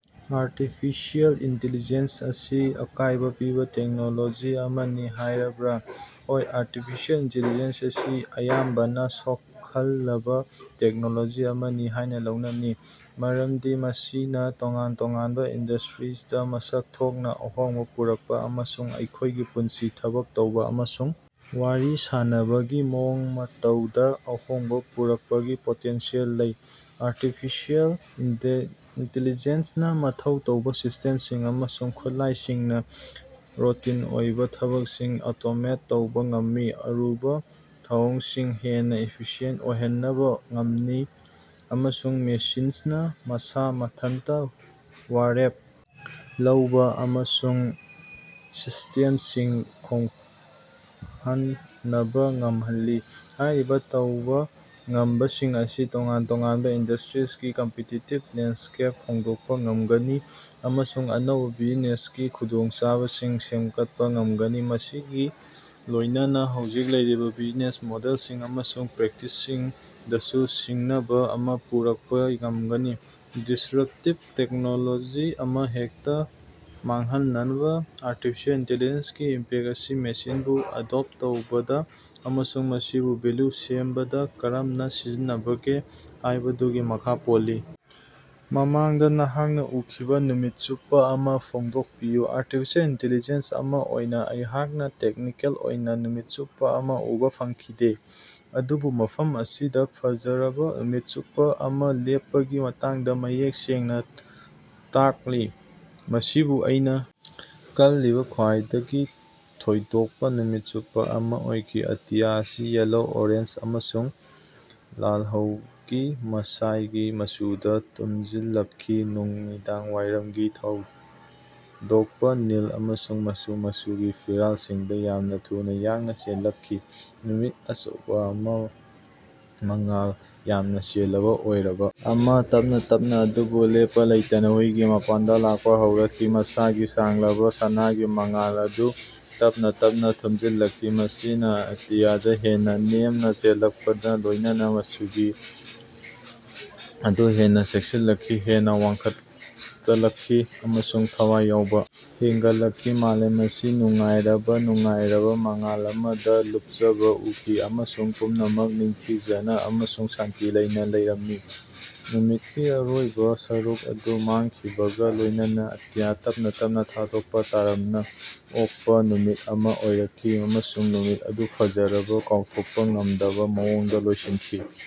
Artificial intelligence ꯑꯁꯤ ꯑꯀꯥꯏꯕ ꯄꯤꯕ ꯇꯦꯛꯅꯣꯂꯣꯖꯤ ꯑꯃꯅꯤ ꯍꯥꯏꯕꯔꯥ? ꯍꯣꯏ, ꯑꯥꯔꯇꯤꯐꯤꯁꯤꯑꯦꯜ ꯏꯟꯇꯤꯂꯤꯖꯦꯟꯁ ꯑꯁꯤ ꯑꯌꯥꯝꯕꯅ ꯁꯣꯛꯍꯜꯂꯕ ꯇꯦꯛꯅꯣꯂꯣꯖꯤ ꯑꯃꯅꯤ ꯍꯥꯏꯅ ꯂꯧꯅꯩ ꯃꯔꯝꯗꯤ ꯃꯁꯤꯅ ꯇꯣꯉꯥꯟ ꯇꯣꯉꯥꯟꯕ ꯏꯟꯗꯁꯇꯔꯤꯁꯤꯡꯗ ꯃꯁꯛ ꯊꯣꯛꯅ ꯑꯍꯣꯡꯕ ꯄꯨꯔꯛꯄ ꯑꯃꯁꯨꯡ ꯑꯩꯈꯣꯏꯒꯤ ꯄꯨꯟꯁꯤ, ꯊꯕꯛ ꯇꯧꯕ ꯑꯃꯁꯨꯡ ꯋꯥꯔꯤ ꯁꯥꯟꯅꯕꯒꯤ ꯃꯑꯣꯡ ꯃꯇꯧꯗ ꯑꯍꯣꯡꯕ ꯄꯨꯔꯛꯄꯒꯤ ꯄꯣꯇꯦꯟꯁꯤꯌꯦꯜ ꯂꯩ꯫ ꯑꯥꯔꯇꯤꯐꯤꯁꯤꯑꯦꯜ ꯏꯟꯇꯤꯂꯤꯖꯦꯟꯁ ꯅꯥ ꯃꯊꯧ ꯇꯧꯕ ꯁꯤꯁ꯭ꯇꯦꯝꯁꯤꯡ ꯑꯃꯁꯨꯡ ꯈꯨꯠꯂꯥꯏꯁꯤꯡꯅ ꯔꯨꯇꯤꯟ ꯑꯣꯏꯕ ꯊꯕꯛꯁꯤꯡ ꯑꯣꯇꯣꯃꯦꯠ ꯇꯧꯕ ꯉꯝꯃꯤ, ꯑꯔꯨꯕ ꯊꯧꯑꯣꯡꯁꯤꯡ ꯍꯦꯟꯅ ꯏꯐꯤꯁꯤꯌꯦꯟꯇ ꯑꯣꯏꯍꯟꯕ ꯉꯝꯃꯤ ꯑꯃꯁꯨꯡ ꯃꯦꯁꯤꯟꯁꯤꯡꯅ ꯃꯁꯥ ꯃꯊꯟꯇ ꯋꯥꯔꯦꯞ ꯂꯧꯕ ꯑꯃꯁꯨꯡ ꯁꯤꯁꯇꯦꯝꯁꯤꯡ ꯈꯣꯡꯍꯟꯅꯕ ꯉꯝꯍꯜꯂꯤ꯫ ꯍꯥꯏꯔꯤꯕ ꯇꯧꯕ ꯉꯝꯕꯁꯤꯡ ꯑꯁꯤꯅ ꯇꯣꯉꯥꯟ ꯇꯣꯉꯥꯟꯕ ꯏꯟꯗꯁꯇꯔꯤꯁꯤꯡꯒꯤ ꯀꯝꯄꯤꯇꯤꯇꯤꯕ ꯂꯦꯟꯗꯁ꯭ꯀꯦꯞ ꯍꯣꯡꯗꯣꯛꯄ‌ ꯉꯝꯒꯅꯤ ꯑꯃꯁꯨꯡ ꯑꯅꯧꯕ ꯕꯤꯖꯤꯅꯦꯁꯀꯤ ꯈꯨꯗꯣꯡꯆꯥꯕꯁꯤꯡ ꯁꯦꯝꯒꯠꯄ ꯉꯝꯒꯅꯤ, ꯃꯁꯤꯒ ꯂꯣꯏꯅꯅ ꯍꯧꯖꯤꯛ ꯂꯩꯔꯤꯕ ꯕꯤꯖꯤꯅꯦꯁ ꯃꯣꯗꯦꯜꯁꯤꯡ ꯑꯃꯁꯨꯡ ꯄ꯭ꯔꯦꯛꯇꯤꯁꯁꯤꯡꯗꯁꯨ ꯁꯤꯡꯅꯕ ꯑꯃ ꯄꯨꯔꯛꯄ ꯉꯝꯒꯅꯤ꯫ ꯗꯤꯁꯇꯔꯛꯇꯤꯕ ꯇꯦꯛꯅꯣꯂꯣꯖꯤ ꯑꯃꯍꯦꯛꯇ ꯃꯥꯡꯍꯟꯅꯕ, ꯑꯥꯔꯇꯤꯐꯤꯁꯤꯑꯦꯜ ꯏꯟꯇꯤꯂꯤꯖꯦꯟꯁ ꯀꯤ ꯏꯝꯄꯦꯛꯇ ꯑꯁꯤ ꯃꯁꯤꯕꯨ ꯑꯦꯗꯣꯞꯇ ꯇꯧꯕꯗ ꯑꯃꯁꯨꯡ ꯃꯁꯤꯕꯨ ꯚꯦꯂ꯭ꯌꯨ ꯁꯦꯝꯕꯗ ꯀꯔꯝꯅ ꯁꯤꯖꯤꯟꯅꯕꯒꯦ ꯍꯥꯏꯕꯗꯨꯒꯤ ꯃꯈꯥ ꯄꯣꯜꯂꯤ꯫। ꯃꯃꯥꯡꯗ ꯅꯍꯥꯛꯅ ꯎꯈꯤꯕ‌ ꯅꯨꯃꯤꯠ ꯆꯨꯞꯄ ꯑꯃ ꯐꯣꯡꯗꯣꯛꯄꯤꯌꯨ꯫ ꯑꯥꯔꯇꯤꯐꯤꯁꯤꯑꯦꯜ ꯏꯟꯇꯤꯂꯤꯖꯦꯟꯁ ꯑꯃ‌ ꯑꯣꯏꯅ ꯑꯩꯍꯥꯛꯅ ꯇꯦꯛꯅꯤꯀꯦꯜ ꯑꯣꯏꯅ ꯅꯨꯃꯤꯠ ꯆꯨꯞꯄ ꯑꯃ ꯎꯕꯥ ꯐꯪꯈꯤꯗꯦ, ꯑꯗꯨꯕꯨ ꯃꯐꯝ ꯑꯁꯤꯗ ꯐꯖꯔꯕ ꯅꯨꯃꯤꯠ ꯆꯨꯞꯄ ꯑꯃ ꯂꯦꯞꯄꯒꯤ ꯃꯇꯥꯡꯗ ꯃꯌꯦꯛ ꯁꯦꯡꯅ ꯇꯥꯛꯂꯤ꯫ ꯃꯁꯤ ꯑꯩꯅ ꯈꯜꯂꯤꯕ ꯈ꯭ꯋꯥꯏꯗꯒꯤ ꯊꯣꯏꯗꯣꯛꯄ ꯅꯨꯃꯤꯠ ꯆꯨꯞꯄ ꯑꯃ ꯑꯣꯏꯈꯤ ꯑꯇꯤꯌꯥ ꯑꯁꯤ ꯌꯦꯜꯂꯣ, ꯑꯣꯔꯦꯟꯖ ꯑꯃꯁꯨꯡ ꯂꯥꯜꯍꯧꯒꯤ ꯃꯩꯁꯥꯒꯤ ꯃꯆꯨꯗ ꯊꯨꯝꯖꯤꯜꯂꯛꯈꯤ, ꯅꯨꯃꯤꯗꯥꯡꯋꯥꯏꯔꯝꯒꯤ ꯊꯣꯏꯗꯣꯛꯄ ꯅꯤꯜ ꯑꯃꯁꯨꯡ ꯃꯆꯨ ꯃꯆꯨꯒꯤ ꯐꯤꯔꯥꯜꯁꯤꯡꯗ ꯌꯥꯝꯅ ꯊꯨꯅꯥ ꯌꯥꯡꯅ ꯆꯦꯜꯂꯛꯈꯤ꯫ ꯅꯨꯃꯤꯠ, ꯑꯆꯧꯕꯥ ꯑꯃ, ꯃꯉꯥꯜ ꯌꯥꯝꯅ ꯆꯦꯜꯂꯕ ꯑꯣꯔꯕ ꯑꯃ, ꯇꯞꯅꯥ ꯇꯞꯅꯥ ꯑꯗꯨꯕꯨ ꯂꯦꯞꯄ ꯂꯩꯇꯅ ꯍꯨꯏꯒꯤ ꯃꯄꯥꯟꯗ ꯂꯥꯛꯄ ꯍꯧꯔꯛꯈꯤ, ꯃꯁꯥꯒꯤ ꯁꯥꯡꯂꯕ ꯁꯅꯥꯒꯤ ꯃꯉꯥꯜ ꯑꯗꯨ ꯇꯞꯅꯥ ꯇꯞꯅꯥ ꯊꯨꯝꯖꯤꯜꯂꯛꯈꯤ꯫ ꯃꯁꯤꯅ ꯑꯇꯤꯌꯥꯗ ꯍꯦꯟꯅ ꯅꯦꯝꯅ ꯆꯦꯜꯂꯛꯄꯒ ꯂꯣꯏꯅꯅ ꯃꯆꯨꯒꯤ ꯑꯗꯨ ꯍꯦꯟꯅ ꯆꯦꯠꯁꯤꯜꯂꯛꯈꯤ, ꯍꯦꯟꯅ ꯋꯥꯡꯈꯠꯆꯂꯛꯈꯤ ꯑꯃꯁꯨꯡ ꯊꯋꯥꯏ ꯌꯥꯎꯕ ꯍꯦꯟꯒꯠꯂꯛꯈꯤ꯫ ꯃꯥꯂꯦꯝ ꯑꯁꯤ ꯅꯨꯡꯉꯥꯏꯔꯕꯥ, ꯅꯨꯡꯉꯥꯏꯔꯕꯥ ꯃꯉꯥꯜ ꯑꯃꯗ ꯂꯨꯞꯆꯕ ꯎꯈꯤ, ꯑꯃꯁꯨꯡ ꯄꯨꯝꯅꯃꯛ ꯅꯤꯡꯊꯤꯖꯅ ꯑꯃꯁꯨꯡ ꯁꯥꯟꯇꯤ ꯂꯩꯅ ꯂꯩꯔꯝꯃꯤ꯫ ꯅꯨꯃꯤꯠꯀꯤ ꯑꯔꯣꯏꯕ ꯁꯔꯨꯛ ꯑꯗꯨ ꯃꯥꯡꯈꯤꯕꯒ ꯂꯣꯏꯅꯅ ꯑꯇꯤꯌꯥ ꯇꯞꯅꯥ ꯇꯞꯅꯥ ꯊꯣꯏꯗꯣꯛꯄ, ꯇꯔꯥꯝꯅ ꯑꯣꯛꯄ ꯅꯨꯃꯤꯠ ꯑꯃ ꯑꯣꯏꯔꯛꯈꯤ ꯑꯃꯁꯨꯡ ꯅꯨꯃꯤꯠ ꯑꯗꯨ ꯐꯖꯔꯕ, ꯀꯥꯎꯊꯣꯛꯄ ꯉꯝꯗꯕ ꯃꯑꯣꯡꯗ ꯂꯣꯏꯁꯤꯟꯈꯤ꯫